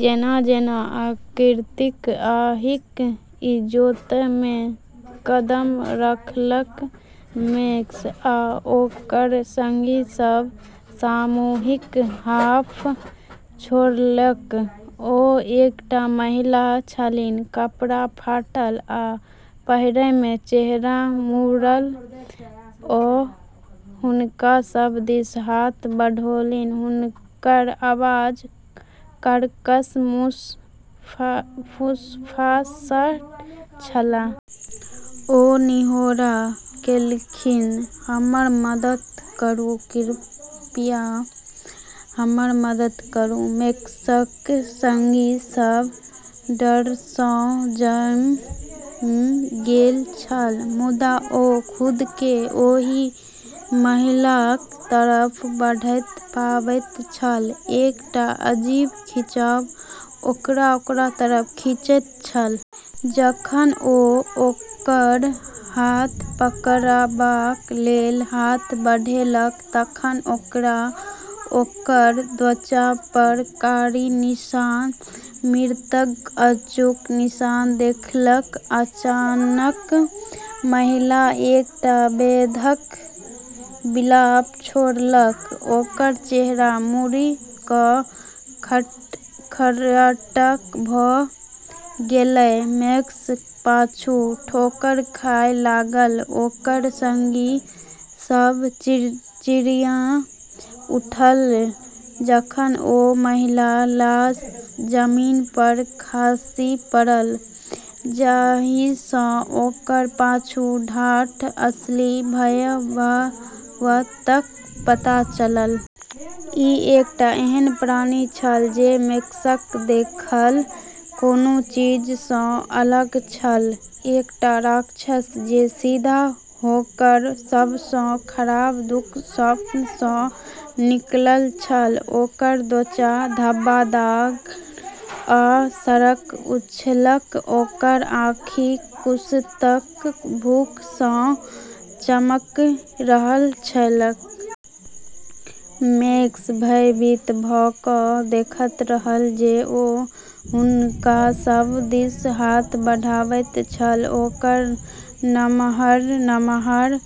जेना-जेना आकृति आगिक इजोतमे कदम रखलकै, मैक्स आ ओकर संगी सभ सामूहिक हाँफ छोड़लकै। ओ एकटा महिला छलीह, कपड़ा फाटल आ पीड़ामे चेहरा मुड़ल। ओ हुनका सभ दिस हाथ बढ़ौलीह, हुनकर आवाज कर्कश फुसफुसाहट छल। ओ निहोरा केलनि, "हमर मदद करू, कृपया, हमर मदद करू।" मैक्सक संगी सभ डरसँ जमि गेल छल, मुदा ओ खुदकेँ ओहि महिलाक तरफ बढ़ैत पाबैत छल, एकटा अजीब खिंचाव ओकरा ओकरा तरफ खींचैत छल। जखन ओ ओकर हाथ पकड़बाक लेल हाथ बढ़ेलक तखन ओकरा ओकर त्वचापर कारी निशान, मृत्युक अचूक निशान देखलकै। अचानक महिला एकटा बेधक विलाप छोड़लक, ओकर चेहरा मुड़ि कऽ खर्राटा भऽ गेलै। मैक्स पाछू ठोकर खाय लागल, ओकर संगी सभ चिचिया उठल जखन ओहि महिलाक लाश जमीनपर खसि पड़ल, जाहिसँ ओकर पाछू ठाढ़ असली भयावहताक पता चलल। ई एकटा एहन प्राणी छल जे मैक्सक देखल कोनो चीजसँ अलग छल, एकटा राक्षस जे सीधा ओकर सबसँ खराब दुःस्वप्नसँ निकलल छल। ओकर त्वचा धब्बादार आ सड़ल छलैक, ओकर आँखि कुत्सित भूखसँ चमकि रहल छलैक। मैक्स भयभीत भऽ कऽ देखैत रहल जे ओ हुनका सभ दिस हाथ बढ़बैत छल, ओकर नमहर-नम्हर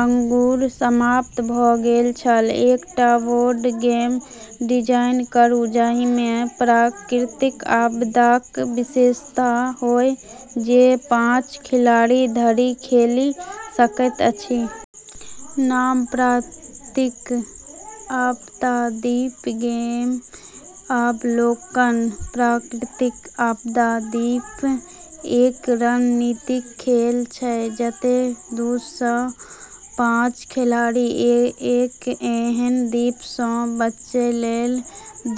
आँगुर समाप्त भऽ गेल छल। एकटा बोर्ड गेम डिजाइन करू, जाहिमे प्राकृतिक आपदाक विशेषता होय, जे पाँच खिलाड़ी धरि खेलि सकैत अछि। नाम: प्राकृतिक आपदा द्वीप गेम अवलोकन: प्राकृतिक आपदा द्वीप एक रणनीतिक खेल छै, जतै दूसँ पाँच खिलाड़ी एक एहन द्वीपसँ बचै लेल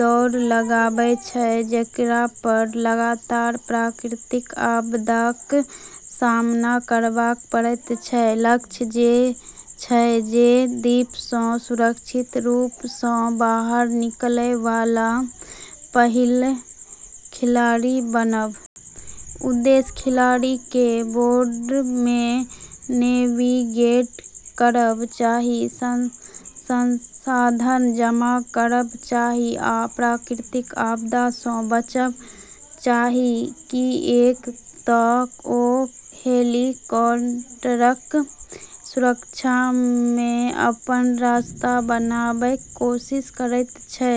दौड़ लगाबैछ जेकरापर लगातार प्राकृतिक आपदाक सामना करबाक पड़ैत छै। लक्ष्य छै जे द्वीपसँ सुरक्षित रूपसँ बाहर निकलैवाला पहिल खिलाड़ी बनब। उद्देश्य: खिलाड़ीकेँ बोर्डमे नेविगेट करब चाहि, संसाधन जमा करब चाहि, आ प्राकृतिक आपदासँ बचब चाहि, किऐक तऽ ओ हेलीकॉप्टरक सुरक्षामे अपन रास्ता बनाबैक कोशिश करैत छै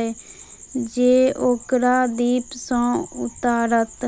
जे ओकरा द्वीपसँ उतारत।